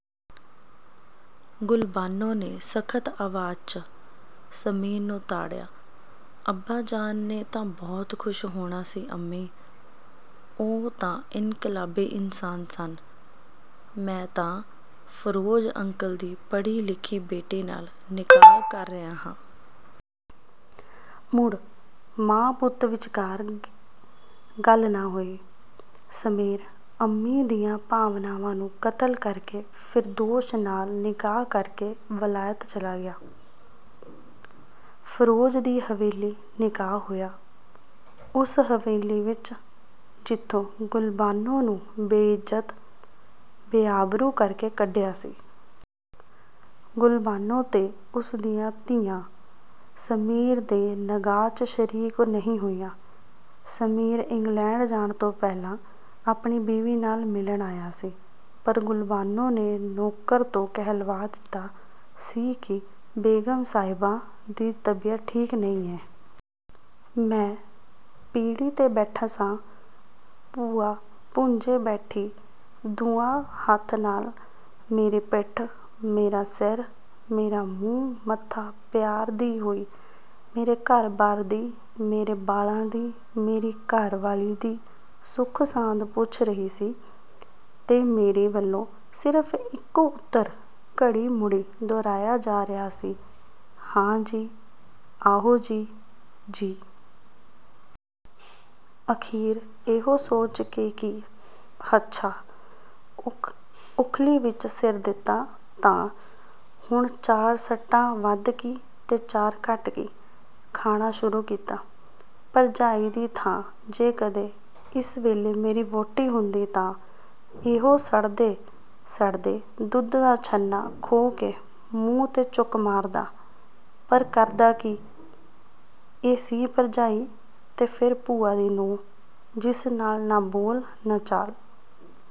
ਗੁਲਬਾਨੋ ਨੇ ਸਖਤ ਆਵਾਜ਼, ਚ' ਸਮੀਰ ਨੂੰ ਤਾੜਿਆ। "ਅੱਬਾਜਾਨ ਨੇ ਤਾਂ ਬਹੁਤ ਖੁਸ਼ ਹੋਣਾ ਸੀ ਅੰਮੀ"… ਉਹ ਤਾਂ ਇੰਨਕਲਾਬੀ ਇਨਸਾਨ ਸਨ। ਮੈਂ ਤਾਂ ਫਿਰੋਜ ਅੰਕਲ ਦੀ ਪੜ੍ਹੀ ਲਿਖੀ ਬੇਟੀ ਨਾਲ ਨਿਕਾਹ ਕਰ ਰਿਹਾਂ ਹਾਂ। ਮੁੜ, ਮਾਂ-ਪੁੱਤਰ ਵਿੱਚਕਾਰ ਗੱਲ ਨਾ ਹੋਈ। ਸਮੀਰ, ਅੰਮੀ ਦੀਆਂ ਭਾਵਨਾਵਾਂ ਨੂੰ ਕਤਲ ਕਰਕੇ ਫਿਰਦੌਸ਼ ਨਾਲ ਨਿਕਾਹ ਕਰਕੇ ਵਲਾਇਤ ਚਲਾ ਗਿਆ। ਫਿਰੋਜ਼ ਦੀ ਹਵੇਲੀ ਨਿਕਾਹ ਹੋਇਆ। ਉਸ ਹਵੇਲੀ ਵਿੱਚ ਜਿਥੋਂ ਗਲਬਾਨੋ ਨੂੰ ਬੇਇੱਜ਼ਤ, ਬੇਆਬਰੂ ਕਰਕੇ ਕੱਢਿਆ ਸੀ। ਗੁਲਬਾਨੋ ਤੇ ਉਸ ਦੀਆਂ ਧੀਆਂ ਸਮੀਰ ਦੇ ਨਿਕਾਹ, ਚ'ਸ਼ਰੀਕ ਨਹੀ ਹੋਈਆ। ਸਮੀਰ ਇੰਗਲੈਂਡ ਜਾਣ ਤੋਂ ਪਹਿਲਾਂ ਆਪਣੀ ਬੀਵੀ ਨਾਲ ਮਿਲਣ ਆਇਆ ਸੀ। ਪਰ ਗੁਲਬਾਨੋ ਨੇ ਨੌਕਰ ਤੋਂ ਕਹਿਲਵਾ ਦਿਤਾ ਸੀ ਕਿ ਬੇਗ਼ਮ ਸਾਹਿਬਾਂ ਦੀ ਤਬੀਅਤ ਠੀਕ ਨਹੀ ਏਂ। ਮੈਂ ਪੀਹੜੀ 'ਤੇ ਬੈਠਾ ਸਾਂ, ਭੂਆ ਭੁੰਜੇ ਬੈਠੀ ਦੁਹਾਂ ਹੱਥਾਂ ਨਾਲ ਮੇਰੀ ਪਿੱਠ, ਮੇਰਾ ਸਿਰ, ਮੇਰਾ ਮੂੰਹ ਮੱਥਾ ਪਿਆਰਦੀ ਹੋਈ ਮੇਰੇ ਘਰ ਬਾਰ ਦੀ, ਮੇਰੇ ਬਾਲਾਂ, ਮੇਰੀ ਘਰ ਵਾਲੀ ਦੀ ਸੁਖ ਸਾਂਦ ਪੁੱਛ ਰਹੀ ਸੀ ਤੇ ਮੇਰੀ ਵੱਲੋਂ ਸਿਰਫ ਇਕੋ ਉਤਰ ਘੜੀ ਮੁੜੀ ਦੁਹਰਾਇਆ ਜਾ ਰਿਹਾ ਸੀ, "ਹਾਂ ਜੀ, ਆਹੋ ਜੀ, ਜੀ। " ਅਖੀਰ ਇਹੋ ਸੋਚ ਕੇ ਕਿ ਹੱਛਾ, ਉਖਲੀ ਵਿਚ ਸਿਰ ਦਿੱਤਾ ਤਾਂ ਹੁਣ ਚਾਰ ਸੱਟਾਂ ਵੱਧ ਕੀ, ਤੇ ਚਾਰ ਘੱਟ ਕੀ, ਖਾਣਾ ਸ਼ੁਰੂ ਕੀਤਾ। ਭਰਜਾਈ ਦੀ ਥਾਂ ਜੇ ਕਦੇ ਇਸ ਵੇਲੇ ਮੇਰੀ ਵਹੁਟੀ ਹੁੰਦੀ ਤਾਂ ਇਹੋ ਸੜਦੇ ਸੜਦੇ ਦੁੱਧ ਦਾ ਛੰਨਾ ਖੋਹ ਕੇ ਮੂੰਹ ਤੇ ਚੁੱਕ ਮਾਰਦਾ, ਪਰ ਕਰਦਾ ਕੀ, ਇਹ ਸੀ ਭਰਜਾਈ ਤੇ ਫਿਰ ਭੂਆ ਦੀ ਨੂੰਹ ਜਿਸ ਨਾਲ ਨਾ ਬੋਲ ਨਾ ਚਾਲ।